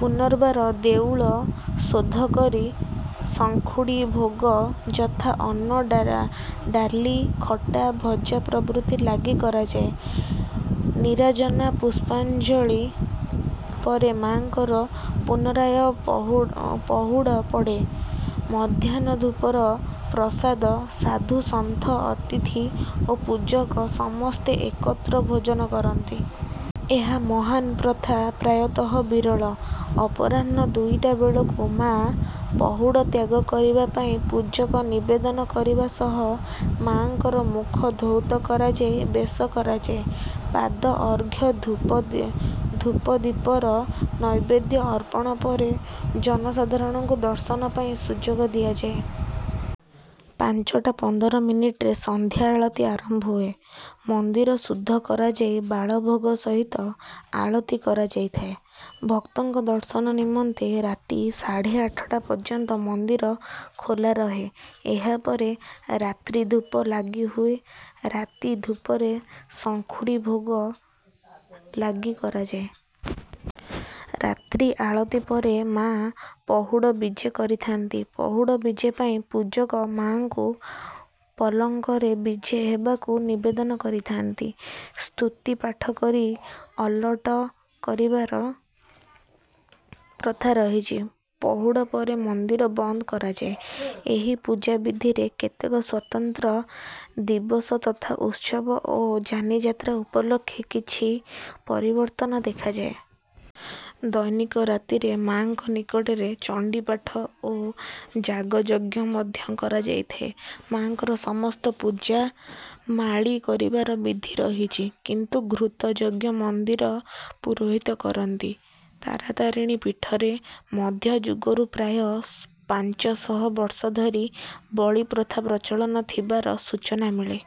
ପୁନର୍ବାର ଦେଉଳ ଶୋଧ କରି ଶଙ୍ଖୁଡ଼ି ଭୋଗ ଯଥା ଅନ୍ନ ଡାଲି ଖଟା ଭଜା ପ୍ରଭୃତି ଲାଗି କରାଯାଏ। ନୀରାଜନା ପୁଷ୍ପାଞ୍ଜଳି ପରେ ମାଆଙ୍କର ପୁନରାୟ ପହୁଡ଼ ପଡେ। ମଧ୍ୟାହ୍ନ ଧୂପର ପ୍ରସାଦ ସାଧୁ ସନ୍ଥ ଅତିଥି ଓ ପୂଜକ ସମସ୍ତେ ଏକତ୍ର ଭୋଜନ କରନ୍ତି। ଏହା ମହାନ୍ ପ୍ରଥା ପ୍ରାୟତଃ ବିରଳ। ଅପରାହ୍ଣ ଦୁଇଟା ବେଳକୁ ମାଆ ପହୁଡ଼ ତ୍ୟାଗ କରିବା ପାଇଁ ପୂଜକ ନିବେଦନ କରିବା ସହ ମାଆଙ୍କର ମୁଖ ଧୌତ କରାଯାଇ ବେଶ କରାଯାଏ। ପାଦ ଅର୍ଘ୍ୟ ଧୂପ ଦୀପର ନୈବେଦ୍ୟ ଅର୍ପଣ ପରେ ଜନସାଧାରଣଙ୍କୁ ଦର୍ଶନ ପାଇଁ ସୁଯୋଗ ଦିଆଯାଏ। ପାଞ୍ଚଟା ପନ୍ଦର ମିନିଟ୍ ରେ ସନ୍ଧ୍ୟାଆଳତି ଆରମ୍ଭ ହୁଏ। ମନ୍ଦିର ଶୁଦ୍ଧ କରାଯାଇ ବାଳଭୋଗ ସହିତ ଆଳତି କରାଯାଇଥାଏ। ଭକ୍ତଙ୍କ ଦର୍ଶନ ନିମନ୍ତେ ରାତି ସାଢ଼େ ଆଠଟା ପର୍ଯ୍ୟନ୍ତ ମନ୍ଦିର ଖୋଲା ରହେ। ଏହାପରେ ରାତ୍ରିଧୂପ ଲାଗି ହୁଏ। ରାତି ଧୂପରେ ଶଙ୍ଖୁଡ଼ି ଭୋଗ ଲାଗି କରାଯାଏ। ରାତ୍ରି ଆଳତି ପରେ ମାଆ ପହୁଡ଼ ବିଜେ କରିଥାନ୍ତି। ପହୁଡ଼ ବିଜେ ପାଇଁ ପୂଜକ ମାଆଙ୍କୁ ପଲଙ୍କରେ ବିଜେ ହେବାକୁ ନିବେଦନ କରିଥାନ୍ତି। ସ୍ତୁତିପାଠ କରି ଆଲଟ କରିବାର ପ୍ରଥା ରହିଛି। ପହୁଡ଼ ପରେ ମନ୍ଦିର ବନ୍ଦ କରାଯାଏ। ଏହି ପୂଜାବିଧିରେ କେତେକ ସ୍ୱତନ୍ତ୍ର ଦିବସ ତଥା ଉତ୍ସବ ଓ ଯାନିଯାତ୍ରା ଉପଲକ୍ଷେ କିଛି ପରିବର୍ତ୍ତନ ଦେଖାଯାଏ। ଦୈନିକ ରାତିରେ ମାଆଙ୍କ ନିକଟରେ ଚଣ୍ଡୀପାଠ ଓ ଯାଗଯଜ୍ଞ ମଧ୍ୟ କରାଯାଇଥାଏ। ମାଆଙ୍କର ସମସ୍ତ ପୂଜା ମାଳି କରିବାର ବିଧି ରହିଛି। କିନ୍ତୁ ଘୃତ ଯଜ୍ଞ ମନ୍ଦିର ପୁରୋହିତ କରନ୍ତି। ତାରାତାରିଣୀ ପୀଠରେ ମଧ୍ୟଯୁଗରୁ ପ୍ରାୟ ପାଞ୍ଚଶହ ବର୍ଷ ଧରି ବଳିପ୍ରଥା ପ୍ରଚଳନ ଥିବାର ସୂଚନା ମିଳେ।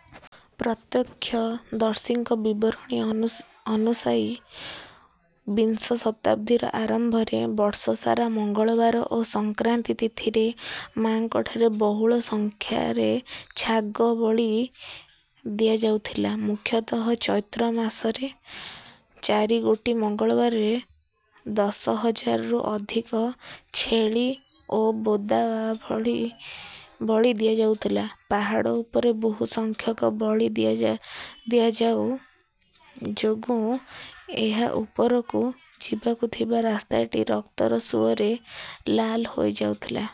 ପ୍ରତ୍ୟକ୍ଷଦର୍ଶୀଙ୍କ ବିବରଣୀ ଅନୁସାୟୀ ବିଂଶଶତାବ୍ଦୀର ଆରମ୍ଭରେ ବର୍ଷସାରା ମଙ୍ଗଳବାର ଓ ସଂକ୍ରାନ୍ତି ତିଥିରେ ମାଙ୍କଠାରେ ବହୁଳ ସଂଖ୍ୟାରେ ଛାଗ ବଳି ଦିଆଯାଉଥିଲା। ମୁଖ୍ୟତଃ ଚୈତ୍ରମାସର ଚାରିଗୋଟି ମଙ୍ଗଳବାରରେ ଦଶହଜାରରୁ ଅଧିକ ଛେଳି ଓ ବୋଦା ବଳି ଦିଆଯାଉଥିଲା। ପାହାଡ ଉପରେ ବହୁ ସଂଖ୍ୟକ ବଳି ଦିଆଯାଉ ଯୋଗୁଁ ଏହା ଉପରକୁ ଯିବାକୁ ଥିବା ରାସ୍ତାଟି ରକ୍ତର ସୁଅରେ ଲାଲ ହୋଇଯାଉଥିଲା।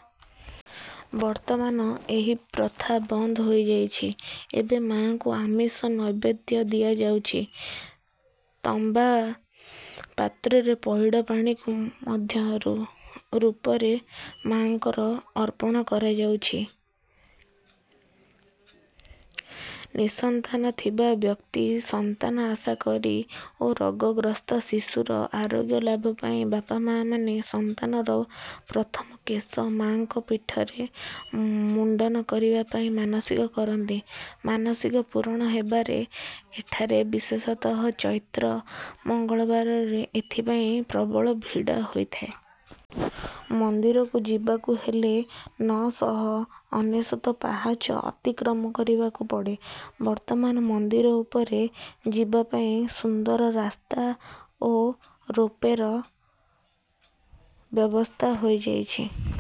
ବର୍ତ୍ତମାନ ଏହି ପ୍ରଥା ବନ୍ଦ ହୋଇଯାଇଛି। ଏବେ ମାଆଙ୍କୁ ଆମିଷ ନୈବେଦ୍ୟ ଦିଆଯାଉଛି। ତମ୍ବାପାତ୍ରରେ ପଇଡ଼ ପାଣିକୁ ମଦ୍ୟ ରୂପରେ ମାଆଙ୍କୁ ଅର୍ପଣ କରାଯାଉଛି। ନିଃସନ୍ତାନ ଥିବା ବ୍ୟକ୍ତି ସନ୍ତାନ ଆଶା କରି ଓ ରଗଗ୍ରସ୍ତ ଶିଶୁର ଆରୋଗ୍ୟ ଲାଭ ପାଇଁ ବାପାମାଆମାନେ ସନ୍ତାନର ପ୍ରଥମ କେଶ ମାଙ୍କ ପୀଠରେ ମୁଣ୍ଡନ କରିବା ପାଇଁ ମାନସିକ କରନ୍ତି ମାନସିକ ପୂରଣ ହେବାପରେ ଏଠାରେ ବିଶେଷତଃ ଚୈତ୍ର ମଙ୍ଗଳବାରରେ ଏଥିପାଇଁ ପ୍ରବଳ ଭିଡ଼ ହୋଇଥାଏ। ମନ୍ଦିରକୁ ଯିବାକୁ ହେଲେ ନଅ ଶହ ଅନେଶ୍ୱତ ପାହାଚ ଅତିକ୍ରମ କରିବାକୁ ପଡେ। ବର୍ତ୍ତମାନ ମନ୍ଦିର ଉପରକୁ ଯିବାପାଇଁ ସୁନ୍ଦର ରାସ୍ତା ଓ ରୋପ୍ୱେର ବ୍ୟବସ୍ଥା ହୋଇଯାଇଛି।